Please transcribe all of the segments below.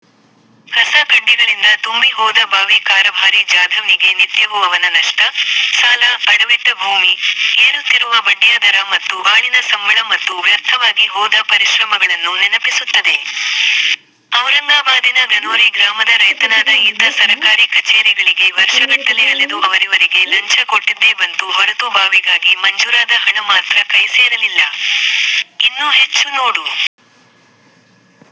ಅರ್ಧಕ್ಕೆ ನಿಂತು, ಕಸ ಕಡ್ಡಿಗಳಿಂದ ತುಂಬಿ ಹೋದ ಬಾವಿ ಕಾರಭಾರಿ ಜಾಧವ್ ನಿಗೆ ನಿತ್ಯವೂ ಅವನ ನಷ್ಟ, ಸಾಲ, ಅಡವಿಟ್ಟ ಭೂಮಿ, ಏರುತ್ತಿರುವ ಬಡ್ಡಿಯ ದರ ಮತ್ತು ಆಳಿನ ಸಂಬಳ ಮತ್ತು ವ್ಯರ್ಥವಾಗಿ ಹೋದ ಪರಿಶ್ರಮಗಳನ್ನು ನೆನಪಿಸುತ್ತದೆ. ಔರಂಗಾಬಾದಿನ ಗನೋರಿ ಗ್ರಾಮದ ರೈತನಾದ ಈತ ಸರಕಾರಿ ಕಛೇರಿಗಳಿಗೆ ವರ್ಷಗಟ್ಟಲೆ ಅಲೆದು ಅವರಿವರಿಗೆ ಲಂಚ ಕೊಟ್ಟಿದ್ದೇ ಬಂತು ಹೊರತು ಬಾವಿಗಾಗಿ ಮಂಜೂರಾದ ಹಣ ಮಾತ್ರ ಕೈ ಸೇರಲಿಲ್ಲ.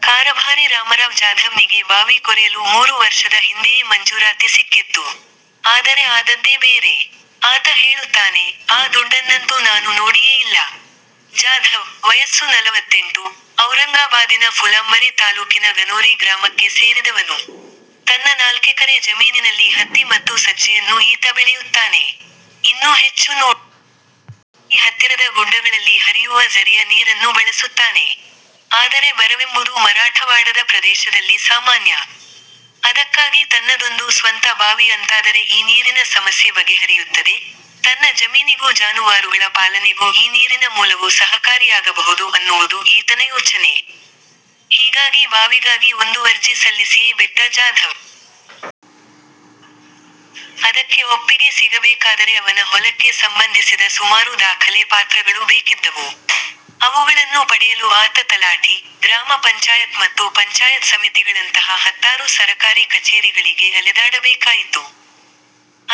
ಕಾರಭಾರಿ ರಾಮರಾವ್ ಜಾಧವ್ ನಿಗೆ ಬಾವಿ ಕೊರೆಯಲು ಮೂರು ವರ್ಷದ ಹಿಂದೆಯೇ ಮಂಜೂರಾತಿ ಸಿಕ್ಕಿತ್ತು. ಆದರೆ ಆದದ್ದೇ ಬೇರೆ. ಆತ ಹೇಳುತ್ತಾನೆ, "ಆ ದುಡ್ಡನ್ನಂತೂ ನಾನು ನೋಡಿಯೇ ಇಲ್ಲ. " ಜಾಧವ್, ವಯಸ್ಸು ನಲವತ್ತೆಂಟು, ಔರಂಗಾಬಾದಿನ ಫುಲಾಂಬರಿ ತಾಲೂಕಿನ ಗನೋರಿ ಗ್ರಾಮಕ್ಕೆ ಸೇರಿದವನು. ತನ್ನ ನಾಲ್ಕೆಕರೆ ಜಮೀನಿನಲ್ಲಿ ಹತ್ತಿ ಮತ್ತು ಸಜ್ಜೆಯನ್ನು ಈತ ಬೆಳೆಯುತ್ತಾನೆ. ಇದಕ್ಕಾಗಿ ಹತ್ತಿರದ ಗುಡ್ಡಗಳಲ್ಲಿ ಹರಿಯುವ ಝರಿಯ ನೀರನ್ನು ಬಳಸುತ್ತಾನೆ. ಆದರೆ ಬರವೆಂಬುದು ಮರಾಠವಾಡದ ಪ್ರದೇಶದಲ್ಲಿ ಸಾಮಾನ್ಯ. ಅದಕ್ಕಾಗಿ ತನ್ನದೊಂದು ಸ್ವಂತ ಬಾವಿ ಅಂತಾದರೆ ಈ ನೀರಿನ ಸಮಸ್ಯೆ ಬಗೆಹರಿಯುತ್ತದೆ, ತನ್ನ ಜಮೀನಿಗೂ ಜಾನುವಾರುಗಳ ಪಾಲನೆಗೂ ಈ ನೀರಿನ ಮೂಲವು ಸಹಕಾರಿಯಾಗಬಹುದು ಅನ್ನುವುದು ಈತನ ಯೋಚನೆ. ಹೀಗಾಗಿ ಬಾವಿಗಾಗಿ ಒಂದು ಅರ್ಜಿ ಸಲ್ಲಿಸಿಯೇ ಬಿಟ್ಟ ಜಾಧವ್. ಅದಕ್ಕೆ ಒಪ್ಪಿಗೆ ಸಿಗಬೇಕಾದರೆ ಅವನ ಹೊಲಕ್ಕೆ ಸಂಬಂಧಿಸಿದ ಸುಮಾರು ದಾಖಲೆ ಪಾತ್ರಗಳು ಬೇಕಿದ್ದವು. ಅವುಗಳನ್ನು ಪಡೆಯಲು ಆತ ತಲಾಠಿ, ಗ್ರಾಮ ಪಂಚಾಯತ್ ಮತ್ತು ಪಂಚಾಯತ್ ಸಮಿತಿಗಳಂತಹ ಹತ್ತಾರು ಸರಕಾರಿ ಕಛೇರಿಗಳಿಗೆ ಅಲೆದಾಡಬೇಕಾಯಿತು.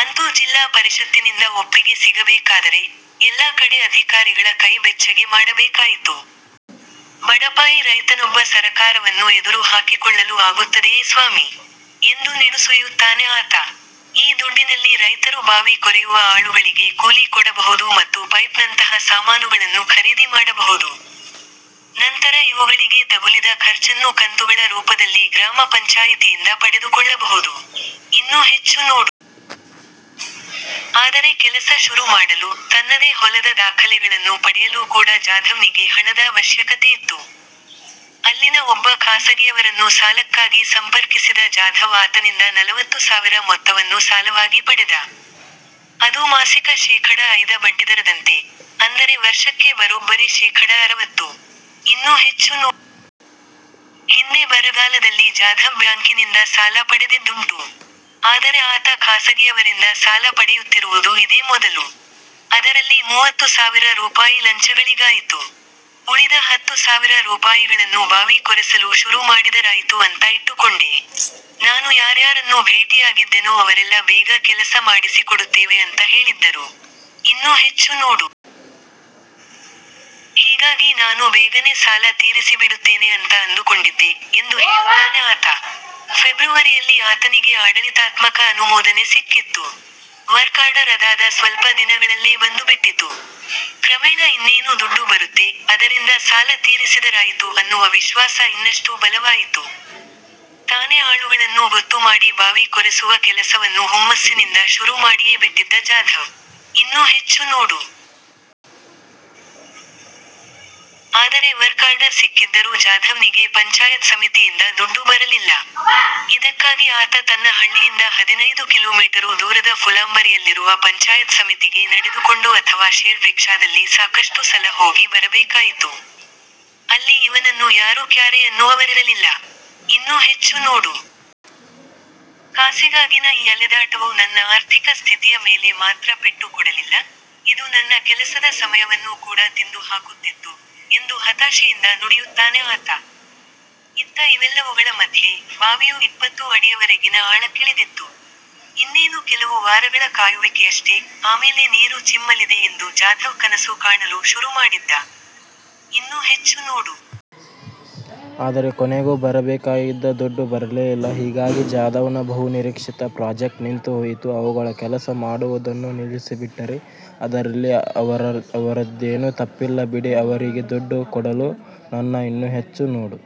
ಅಂತೂ ಜಿಲ್ಲಾ ಪರಿಷತ್ತಿನಿಂದ ಒಪ್ಪಿಗೆ ಸಿಗಬೇಕಾದರೆ, ಎಲ್ಲಾ ಕಡೆ ಅಧಿಕಾರಿಗಳ ಕೈ ಬೆಚ್ಚಗೆ ಮಾಡಬೇಕಾಯಿತು. "ಬಡಪಾಯಿ ರೈತನೊಬ್ಬ ಸರಕಾರವನ್ನು ಎದುರು ಹಾಕಿಕೊಳ್ಳಲು ಆಗುತ್ತದೆಯೇ ಸ್ವಾಮೀ? ", ಎಂದು ನಿಡುಸುಯ್ಯುತ್ತಾನೆ ಆತ. ಈ ದುಡ್ಡಿನಲ್ಲಿ ರೈತರು ಬಾವಿ ಕೊರೆಯುವ ಆಳುಗಳಿಗೆ ಕೂಲಿ ಕೊಡಬಹುದು ಮತ್ತು ಪೈಪ್ ನಂತಹ ಸಾಮಾನುಗಳನ್ನು ಖರೀದಿ ಮಾಡಬಹುದು. ನಂತರ ಇವುಗಳಿಗೆ ತಗುಲಿದ ಖರ್ಚನ್ನು ಕಂತುಗಳ ರೂಪದಲ್ಲಿ ಗ್ರಾಮ ಪಂಚಾಯಿತಿಯಿಂದ ಪಡೆದುಕೊಳ್ಳಬಹುದು. ಆದರೆ ಕೆಲಸ ಶುರು ಮಾಡಲು, ತನ್ನದೇ ಹೊಲದ ದಾಖಲೆಗಳನ್ನು ಪಡೆಯಲೂ ಕೂಡ ಜಾಧವ್ ನಿಗೆ ಹಣದ ಅವಶ್ಯಕತೆಯಿತ್ತು. ಅಲ್ಲಿನ ಒಬ್ಬ ಖಾಸಗಿಯವರನ್ನು ಸಾಲಕ್ಕಾಗಿ ಸಂಪರ್ಕಿಸಿದ ಜಾಧವ್ ಆತನಿಂದ ನಲವತ್ತು ಸಾವಿರ ಮೊತ್ತವನ್ನು ಸಾಲವಾಗಿ ಪಡೆದ. ಅದೂ ಮಾಸಿಕ ಶೇಖಡ ಐದ ಬಡ್ಡಿದರದಂತೆ; ಅಂದರೆ ವರ್ಷಕ್ಕೆ ಬರೋಬ್ಬರಿ ಶೇಖಡ ಅರವತ್ತು. ಹಿಂದೆ ಬರಗಾಲದಲ್ಲಿ ಜಾಧವ್ ಬ್ಯಾಂಕಿನಿಂದ ಸಾಲ ಪಡೆದಿದ್ದುಂಟು. ಆದರೆ ಆತ ಖಾಸಗಿಯವರಿಂದ ಸಾಲ ಪಡೆಯುತ್ತಿರುವುದು ಇದೇ ಮೊದಲು. "ಅದರಲ್ಲಿ ಮೂವತ್ತು ಸಾವಿರ ರೂಪಾಯಿ ಲಂಚಗಳಿಗಾಯಿತು. ಉಳಿದ ಹತ್ತು ಸಾವಿರ ರೂಪಾಯಿಗಳನ್ನು ಬಾವಿ ಕೊರೆಸಲು ಶುರು ಮಾಡಿದರಾಯಿತು ಅಂತ ಇಟ್ಟುಕೊಂಡೆ. ನಾನು ಯಾರ್ಯಾರನ್ನು ಭೇಟಿಯಾಗಿದ್ದೆನೋ ಅವರೆಲ್ಲ ಬೇಗ ಕೆಲಸ ಮಾಡಿಸಿಕೊಡುತ್ತೇವೆ ಅಂತ ಹೇಳಿದ್ದರು. ಹೀಗಾಗಿ ನಾನೂ ಬೇಗನೆ ಸಾಲ ತೀರಿಸಿಬಿಡುತ್ತೇನೆ ಅಂತ ಅಂದುಕೊಂಡಿದ್ದೆ", ಎಂದು ಹೇಳುತ್ತಾನೆ ಆತ. ಫೆಬ್ರುವರಿಯಲ್ಲಿ ಆತನಿಗೆ ಆಡಳಿತಾತ್ಮಕ ಅನುಮೋದನೆ ಸಿಕ್ಕಿತ್ತು. ವರ್ಕ್ ಆರ್ಡರ್ ಅದಾದ ಸ್ವಲ್ಪ ದಿನಗಳಲ್ಲೇ ಬಂದುಬಿಟ್ಟಿತು. ಕ್ರಮೇಣ ಇನ್ನೇನು ದುಡ್ಡು ಬರುತ್ತೆ, ಅದರಿಂದ ಸಾಲ ತೀರಿಸಿದರಾಯಿತು ಅನ್ನುವ ವಿಶ್ವಾಸ ಇನ್ನಷ್ಟು ಬಲವಾಯಿತು. ತಾನೇ ಆಳುಗಳನ್ನು ಗೊತ್ತು ಮಾಡಿ ಬಾವಿ ಕೊರೆಸುವ ಕೆಲಸವನ್ನು ಹುಮ್ಮಸ್ಸಿನಿಂದ ಶುರು ಮಾಡಿಯೇಬಿಟ್ಟಿದ್ದ ಜಾಧವ್. ಆದರೆ ವರ್ಕ್ ಆರ್ಡರ್ ಸಿಕ್ಕಿದ್ದರೂ ಜಾಧವ್ ನಿಗೆ ಪಂಚಾಯತ್ ಸಮಿತಿಯಿಂದ ದುಡ್ಡು ಬರಲಿಲ್ಲ. ಇದಕ್ಕಾಗಿ ಆತ ತನ್ನ ಹಳ್ಳಿಯಿಂದ ಹದಿನೈದು ಕಿಲೋಮೀಟರು ದೂರದ ಫುಲಾಂಬರಿಯಲ್ಲಿರುವ ಪಂಚಾಯತ್ ಸಮಿತಿಗೆ ನಡೆದುಕೊಂಡೋ ಅಥವಾ ಶೇರ್ಡ್ ರಿಕ್ಷಾದಲ್ಲಿ ಸಾಕಷ್ಟು ಸಲ ಹೋಗಿ ಬರಬೇಕಾಯಿತು. ಅಲ್ಲಿ ಇವನನ್ನು ಯಾರೂ ಕ್ಯಾರೇ ಅನ್ನುವವರಿರಲಿಲ್ಲ. "ಕಾಸಿಗಾಗಿನ ಈ ಅಲೆದಾಟವು ನನ್ನ ಆರ್ಥಿಕ ಸ್ಥಿತಿಯ ಮೇಲೆ ಮಾತ್ರ ಪೆಟ್ಟು ಕೊಡಲಿಲ್ಲ, ಇದು ನನ್ನ ಕೆಲಸದ ಸಮಯವನ್ನೂ ಕೂಡ ತಿಂದು ಹಾಕುತ್ತಿತ್ತು'', ಎಂದು ಹತಾಶೆಯಿಂದ ನುಡಿಯುತ್ತಾನೆ ಆತ. ಇತ್ತ ಇವೆಲ್ಲವುಗಳ ಮಧ್ಯೆ, ಬಾವಿಯು ಇಪ್ಪತ್ತು ಅಡಿಯವರೆಗಿನ ಆಳಕ್ಕಿಳಿದಿತ್ತು. ಇನ್ನೇನು ಕೆಲವು ವಾರಗಳ ಕಾಯುವಿಕೆಯಷ್ಟೇ, ಆಮೇಲೆ ನೀರು ಚಿಮ್ಮಲಿದೆ ಎಂದು ಜಾಧವ್ ಕನಸು ಕಾಣಲು ಶುರು ಮಾಡಿದ್ದ. ಆದರೆ ಕೊನೆಗೂ ಬರಬೇಕಾಗಿದ್ದ ದುಡ್ಡು ಬರಲೇ ಇಲ್ಲ. ಹೀಗಾಗಿ ಜಾಧವ್ ನ ಬಹುನಿರೀಕ್ಷಿತ ಪ್ರಾಜೆಕ್ಟ್ ನಿಂತು ಹೋಯಿತು. "ಆಳುಗಳು ಕೆಲಸ ಮಾಡುವುದನ್ನು ನಿಲ್ಲಿಸಿಬಿಟ್ಟರು. ಅದರಲ್ಲಿ ಅವರದ್ದೇನೂ ತಪ್ಪಿಲ್ಲ ಬಿಡಿ. ಅವರಿಗೆ ದುಡ್ಡು ಕೊಡಲು ನನ್ನಿಂದ ಆಗಲಿಲ್ಲ.